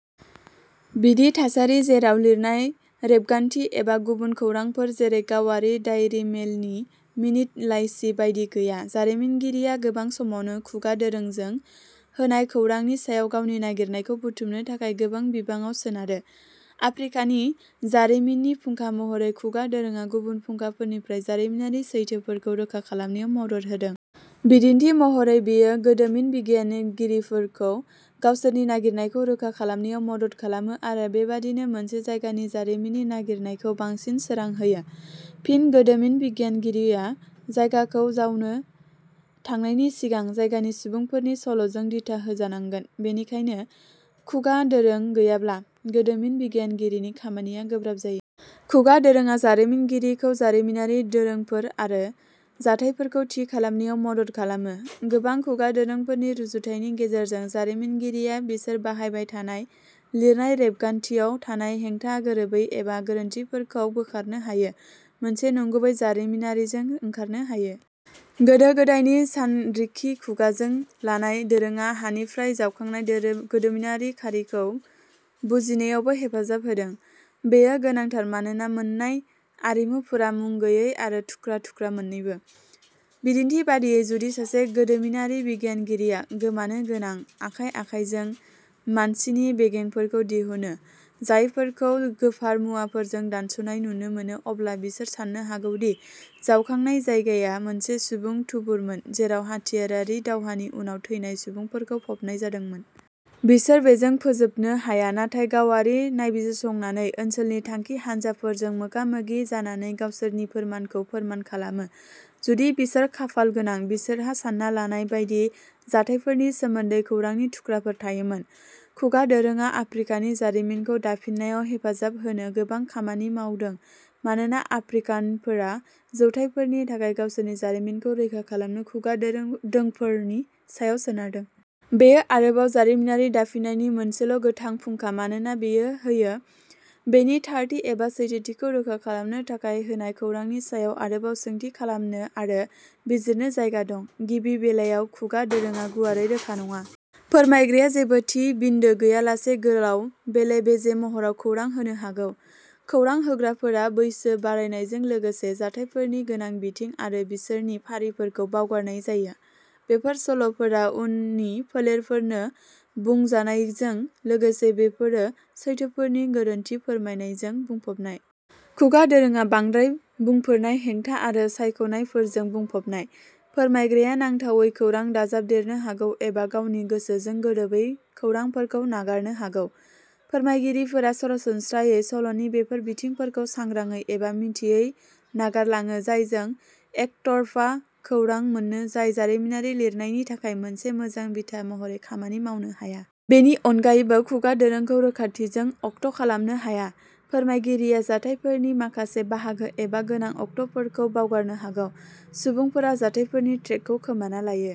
बिदि थासारि जेराव लिरनाय रेबगान्थि एबा गुबुन खौरांफोर जेरै गावारि दाइरि मेलनि मिनित लाइसि बायदि गैया जारिमिनगिरिया गोबां समावनो खुगा दोरोंजों होनाय खौरांनि सायाव गावनि नागिरनायखौ बुथुमनो थाखाय गोबां बिबाङाव सोनारो। आफ्रिकानि जारिमिननि फुंखा महरै खुगा दोरोंआ गुबुन फुंखाफोरनिफ्राय जारिमिनारि सैथोफोरखौ रोखा खालामनायाव मदद होदों। बिदिन्थि महरै बेयो गोदोमिन बिगियानगिरिखौ गावसोरनि नागिरनायखौ रोखा खालामनायाव मदद खालामो आरो बेबादिनो मोनसे जायगानि जारिमिननि नागिरनायखौ बांसिन सोरां होयो। फिन गोदोमिन बिगियानगिरिया जायगाखौ जावनो थांनायनि सिगां जायगानि सुबुंफोरनि सल'जों दिथा होजानांगोन। बेनिखायनो खुगा दोरों गैयाब्ला गोदोमिन बिगियानगिरिनि खामानिया गोब्राब जायो। खुगा दोरोंआ जारिमिनगिरिखौ जारिमिनारि दोरोंफोर आरो जाथायफोरखौ थि खालामनायाव मदद खालामो। गोबां खुगा दोरोंफोरनि रुजुथायनि गेजेरजों जारिमिनगिरिया बिसोर बाहायबाय थानाय लिरनाय रेबगान्थियाव थानाय हेंथा गोरोबै एबा गोरोन्थिफोरखौ बोखारनो हायो मोनसे नंगुबै जारिमिनारिजों ओंखारनो हायो। गोदो गोदायनि सानरिखि। खुगाजों लानाय दोरोङा हानिफ्राय जावखांनाय गोदोमिनारि खारिखौ बुजिनायावबो हेफाजाब होदों। बेयो गोनांथार मानोना मोन्नाय आरिमुफोरा मुं गैयै आरो थुख्रा थुख्रा मोन्नैबो। बिदिन्थि बायदियै जुदि सासे गोदोमिनारि बिगियानगिरिया गोमानो गोनां आखाइ आखाइजों मानसिनि बेगेंफोरखौ दिहुनो जायफोरखौ गोफार मुवाफोरजों दानस'नाय नुनो मोनो अब्ला बिसोर साननो हागौ दि जावखांनाय जायगाया मोनसे सुबुं थुबुरमोन जेराव हाथियारारि दावहानि उनाव थैनाय सुबुंफोरखौ फबनाय जादोंमोन। बिसोर बेजों फोजोबनो हाया नाथाय गावआरि नायबिजिरसंनानै, ओनसोलनि थांखि हानजाफोरजों मोगा मोगि जानानै गावसोरनि फोरमानखौ फोरमान खालामो। जुदि बिसोर खाफालगोनां बिसोरहा सानना लानाय बायदि जाथायफोरनि सोमोन्दै खौरांनि थुख्राफोर थायोमोन। खुगा दोरोङा आफ्रिकानि जारिमिनखौ दाफिननायाव हेफाजाब होनो गोबां खामानि मावदों मानोना आफ्रिकानफोरा जौथायफोरनि थाखाय गावसोरनि जारिमिनखौ रैखा खालामनो खुगा दोरोंदोंफोरनि सायाव सोनारदों। बेयो आरोबाव जारिमिनारि दाफिननायनि मोनसेल'गोथां फुंखा मानोना बेयो होयो। बेनि थारथि एबा सैथोथिखौ रोखा खालामनो थाखाय होनाय खौरांनि सायाव आरोबाव सोंथि खालामनो आरो बिजिरनो जायगा दं। गिबि बेलायाव खुगा दोरोङा गुवारै रोखा नङा। फोरमायग्राया जेबो थि बिन्दो गैयालासे गोलाव बेले बेजे महराव खौरां होनो हागौ। खौरां होग्राफोरा बैसो बारायनायजों लोगोसे जाथायफोरनि गोनां बिथिं आरो बिसोरनि फारिफोरखौ बावगारनाय जायो। बेफोर सल'फोरा उननि फोलेरफोरनो बुंजानायजों लोगोसे बेफोरो सैथोफोरनि गोरोन्थि फोरमायनायजों बुंफबनाय। खुगा दोरोङा बांद्राय बुंफोरनाय हेंथा आरो सानख'नायफोरजों बुंफबनाय। फोरमायग्राया नांथावै खौरां दाजाबदेरनो हागौ एबा गावनि गोसोजों गोरोबै खौरांफोरखौ नागारनो हागौ। फोरमायगिरिफोरा सरासनस्रायै सल'नि बेफोर बिथिंफोरखौ सांग्रांयै एबा मिथियै नागारलाङो जायजों एकतरफा खौरां मोनो जाय जारिमिनारि लिरनायनि थाखाय मोनसे मोजां बिथा महरै खामानि मावनो हाया। बेनि अनगायैबो खुगा दोरोंखौ रोखाथिजों अक्ट'खालामनो हाया। फोरमायगिरिया जाथायफोरनि माखासे बाहागो एबा गोनां अक्ट'फोरखौ बावगारनो हागौ। सुबुंफोरा जाथायफोरनि ट्रेकखौ खोमाना लायो।